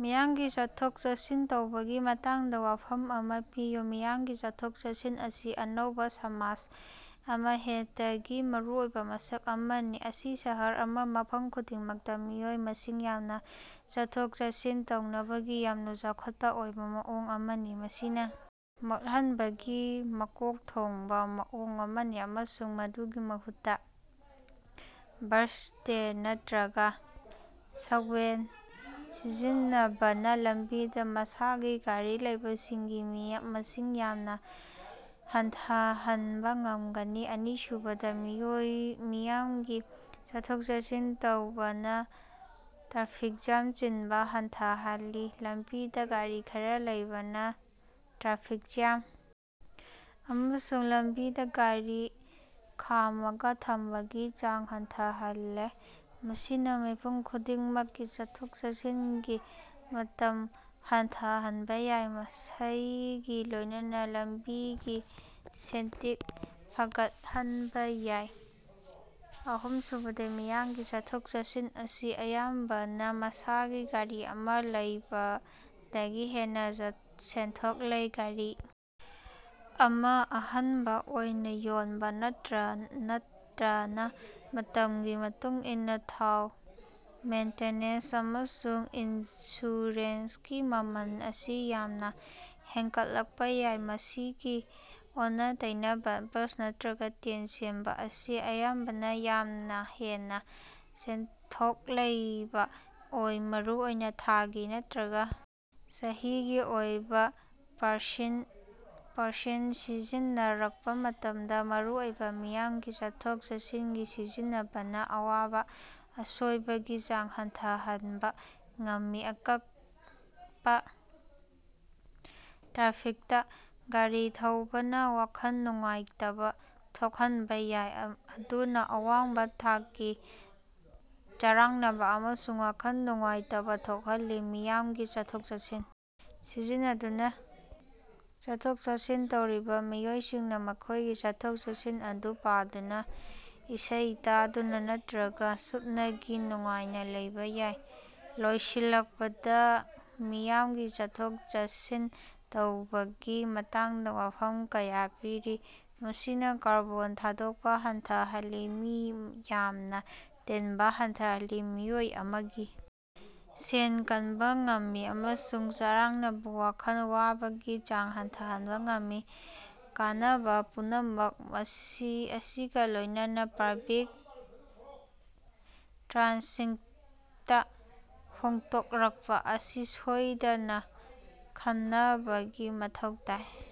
ꯃꯤꯌꯥꯝꯒꯤ ꯆꯠꯊꯣꯛ ꯆꯠꯁꯤꯟ ꯇꯧꯕꯒꯤ ꯃꯇꯥꯡꯗ ꯋꯥꯐꯝ ꯑꯃ ꯄꯤꯌꯨ꯫ ꯃꯤꯌꯥꯝꯒꯤ ꯆꯠꯊꯣꯛ-ꯆꯠꯁꯤꯟ ꯑꯁꯤ ꯑꯅꯧꯕ ꯁꯃꯥꯖ ꯑꯃꯍꯦꯛꯇꯒꯤ ꯃꯔꯨꯑꯣꯏꯕ ꯃꯁꯛ ꯑꯃꯅꯤ꯫ ꯃꯁꯤ ꯁꯍꯔ ꯑꯃꯒꯤ ꯃꯐꯝ ꯄꯨꯝꯅꯃꯛꯇ ꯃꯤꯑꯣꯏ ꯃꯁꯤꯡ ꯌꯥꯝꯅ ꯆꯠꯊꯣꯛ-ꯆꯠꯁꯤꯟ ꯇꯧꯅꯕꯒꯤ ꯌꯥꯝꯅ ꯆꯥꯎꯈꯠꯄ ꯑꯣꯏꯕ ꯃꯑꯣꯡ ꯑꯃꯅꯤ ꯃꯁꯤꯅ ꯃꯣꯠꯍꯟꯕꯒꯤ ꯃꯀꯣꯛ ꯊꯣꯡꯕ ꯃꯑꯣꯡ ꯑꯃꯅꯤ ꯑꯃꯁꯨꯡ ꯃꯗꯨꯒꯤ ꯃꯍꯨꯠꯇꯥ ꯕꯁ, ꯇ꯭ꯔꯦꯟ ꯅꯠꯇ꯭ꯔꯒ ꯁꯕꯋꯦꯟ ꯁꯤꯖꯤꯟꯅꯕꯅ ꯂꯝꯕꯤꯗ ꯃꯁꯥꯒꯤ ꯒꯥꯔꯤꯂꯩꯕꯁꯤꯡꯒꯤ ꯃꯁꯤꯡ ꯌꯥꯝꯅ ꯍꯟꯊꯍꯟꯕ ꯉꯝꯒꯅꯤ꯫ ꯑꯅꯤꯁꯨꯕꯗ ꯃꯥꯑꯣꯏ ꯃꯤꯌꯥꯝꯒꯤ ꯆꯠꯊꯣꯛ-ꯆꯠꯁꯤꯟ ꯇꯧꯕꯅꯥ ꯇ꯭ꯔꯥꯐꯤꯛꯇ ꯖ꯭ꯌꯥꯝ ꯆꯤꯟꯕ ꯍꯟꯊꯍꯜꯂꯤ꯫ ꯂꯝꯕꯤꯗꯥ ꯒꯥꯔꯤ ꯈꯔ ꯂꯩꯕꯅ ꯇ꯭ꯔꯥꯐꯤꯛ ꯖ꯭ꯌꯥꯝ ꯑꯃꯁꯨꯡ ꯂꯝꯕꯤꯗ ꯒꯔꯤ ꯈꯥꯝꯃꯒ ꯊꯝꯕꯒꯤ ꯆꯥꯡ ꯍꯟꯊꯍꯜꯔꯦ꯫ ꯃꯁꯤꯅꯥ ꯃꯤꯄꯨꯝ ꯈꯨꯗꯤꯡꯃꯛꯀꯤ ꯆꯠꯊꯣꯛ-ꯆꯠꯁꯤꯟꯒꯤ ꯃꯇꯝ ꯍꯟꯊꯍꯟꯕꯥ ꯌꯥꯏ ꯃꯁꯤꯒꯥ ꯂꯣꯏꯅꯅꯥ ꯂꯝꯕꯤꯒꯤ ꯁꯦꯟꯇꯤ ꯐꯒꯠꯍꯟꯕ ꯌꯥꯏ꯫ ꯑꯍꯨꯝꯁꯨꯕ ꯃꯤꯌꯥꯝꯒꯤ ꯆꯠꯊꯣꯛ-ꯆꯠꯁꯤꯟ ꯑꯁꯤ ꯑꯌꯥꯝꯕꯅ ꯃꯁꯥꯒꯤ ꯒꯔꯤ ꯑꯃ ꯂꯩꯕꯗꯒꯤ ꯍꯦꯟꯅ ꯆꯠ ꯁꯦꯟꯗꯣꯡ ꯂꯩ꯫ ꯒꯥꯔꯤ ꯑꯃ ꯑꯍꯟꯕ ꯑꯣꯏꯅꯥ ꯌꯣꯟꯕ ꯅꯠꯇꯔꯅ ꯅꯠꯇꯔꯅ ꯃꯇꯝꯒꯤ ꯃꯇꯨꯡ ꯏꯟꯅꯥ ꯊꯥꯎ ꯃꯦꯟꯇꯦꯅꯦꯟꯁ ꯑꯃꯁꯨꯡ ꯏꯟꯁꯨꯔꯦꯟꯁꯀꯤ ꯃꯃꯜ ꯑꯁꯤ ꯌꯥꯝꯅꯥ ꯍꯦꯟꯒꯠꯂꯛꯄ ꯌꯥꯏ꯫ ꯃꯁꯤꯒꯤ ꯑꯣꯟꯅ-ꯇꯩꯅꯕꯗ ꯕꯁ ꯅꯠꯇ꯭ꯔꯒ ꯇ꯭ꯔꯦꯟ ꯆꯦꯟꯕ ꯑꯁꯤ ꯑꯌꯥꯝꯕꯅ ꯌꯥꯝꯅ ꯍꯦꯟꯅ ꯁꯦꯟꯗꯣꯡ ꯂꯩꯕꯥ ꯑꯣꯏ ꯃꯔꯨꯑꯣꯏꯅ ꯊꯥꯒꯤ ꯅꯠꯇ꯭ꯔꯒ ꯆꯍꯤꯒꯤ ꯑꯣꯏꯕꯥ ꯄꯥꯔꯁꯤꯟ ꯄꯥꯔꯁꯤꯟ ꯁꯤꯖꯤꯟꯅꯔꯛꯄ ꯃꯇꯝꯗ꯫ ꯑꯔꯣꯏꯕꯗ ꯃꯤꯌꯥꯝꯒꯤ ꯆꯠꯊꯣꯛ ꯆꯠꯁꯤꯟꯒꯤ ꯁꯤꯖꯤꯟꯅꯕꯅ ꯑꯋꯥꯕ ꯑꯁꯣꯏꯕꯒꯤ ꯆꯥꯡ ꯍꯟꯊꯍꯟꯕ ꯉꯝꯃꯤ꯫ ꯑꯀꯛꯄ ꯇ꯭ꯔꯥꯐꯤꯛꯇꯥ ꯒꯥꯔꯤ ꯊꯧꯕꯅ ꯋꯥꯈꯜ ꯅꯨꯡꯉꯥꯏꯇꯕ ꯊꯣꯛꯍꯟꯕ ꯌꯥꯏ ꯃꯗꯨꯅ ꯑꯋꯥꯡꯕ ꯊꯥꯛꯀꯤ ꯆꯔꯥꯡꯅꯕ ꯑꯃꯁꯨꯡ ꯋꯥꯈꯜ ꯅꯨꯡꯉꯥꯏꯇꯕ ꯊꯣꯛꯍꯜꯂꯤ꯫ ꯃꯤꯌꯥꯝꯒꯤ ꯆꯠꯊꯣꯛ-ꯆꯠꯁꯤꯟ ꯁꯤꯖꯤꯟꯅꯗꯨꯅ ꯆꯠꯊꯣꯛ-ꯆꯠꯁꯤꯟ ꯇꯧꯔꯤꯕ ꯃꯤꯑꯣꯏꯁꯤꯡꯅ ꯃꯈꯣꯏꯒꯤ ꯆꯠꯊꯣꯛ-ꯆꯠꯁꯤꯟ ꯑꯗꯨ ꯄꯥꯗꯨꯅ ꯏꯁꯩ ꯇꯥꯗꯨꯅ ꯅꯠꯇ꯭ꯔꯒ ꯁꯨꯞꯅꯒꯤ ꯅꯨꯡꯉꯥꯏꯅꯥ ꯂꯩꯕꯥ ꯌꯥꯏ꯫ ꯂꯣꯏꯁꯤꯜꯂꯛꯄꯗꯥ ꯃꯤꯌꯥꯝꯒꯤ ꯆꯠꯊꯣꯛ-ꯆꯠꯁꯤꯟ ꯇꯧꯕꯒꯤ ꯃꯇꯥꯡꯗꯥ ꯋꯥꯐꯝ ꯀꯌꯥ ꯄꯤꯔꯤ꯫ ꯃꯁꯤꯅꯥ ꯀꯥꯔꯕꯣꯟ ꯊꯥꯗꯣꯛꯄꯥ ꯍꯟꯊꯍꯜꯂꯤ ꯃꯤ ꯌꯥꯝꯅ ꯇꯤꯟꯕꯥ ꯍꯟꯊꯍꯜꯂꯤ ꯃꯤꯑꯣꯏ ꯑꯃꯒꯤ ꯁꯦꯟ ꯀꯟꯕꯥ ꯉꯝꯃꯤ ꯑꯃꯁꯨꯡ ꯆꯔꯥꯡꯅꯕ ꯋꯥꯈꯜ ꯋꯥꯕꯒꯤ ꯆꯥꯡ ꯍꯟꯊꯍꯟꯕꯥ ꯉꯝꯃꯤ꯫ ꯀꯥꯟꯅꯕ ꯄꯨꯝꯅꯃꯛ ꯃꯁꯤ ꯑꯁꯤꯒꯥ ꯂꯣꯏꯅꯅꯥ ꯄꯕ꯭ꯂꯤꯛ ꯇ꯭ꯔꯥꯟꯁꯤꯠꯇꯥ ꯍꯣꯡꯗꯣꯛꯂꯛꯄꯥ ꯑꯁꯤ ꯁꯣꯏꯗꯅ ꯈꯟꯅꯕꯒꯤ ꯃꯊꯧ ꯇꯥꯏ꯫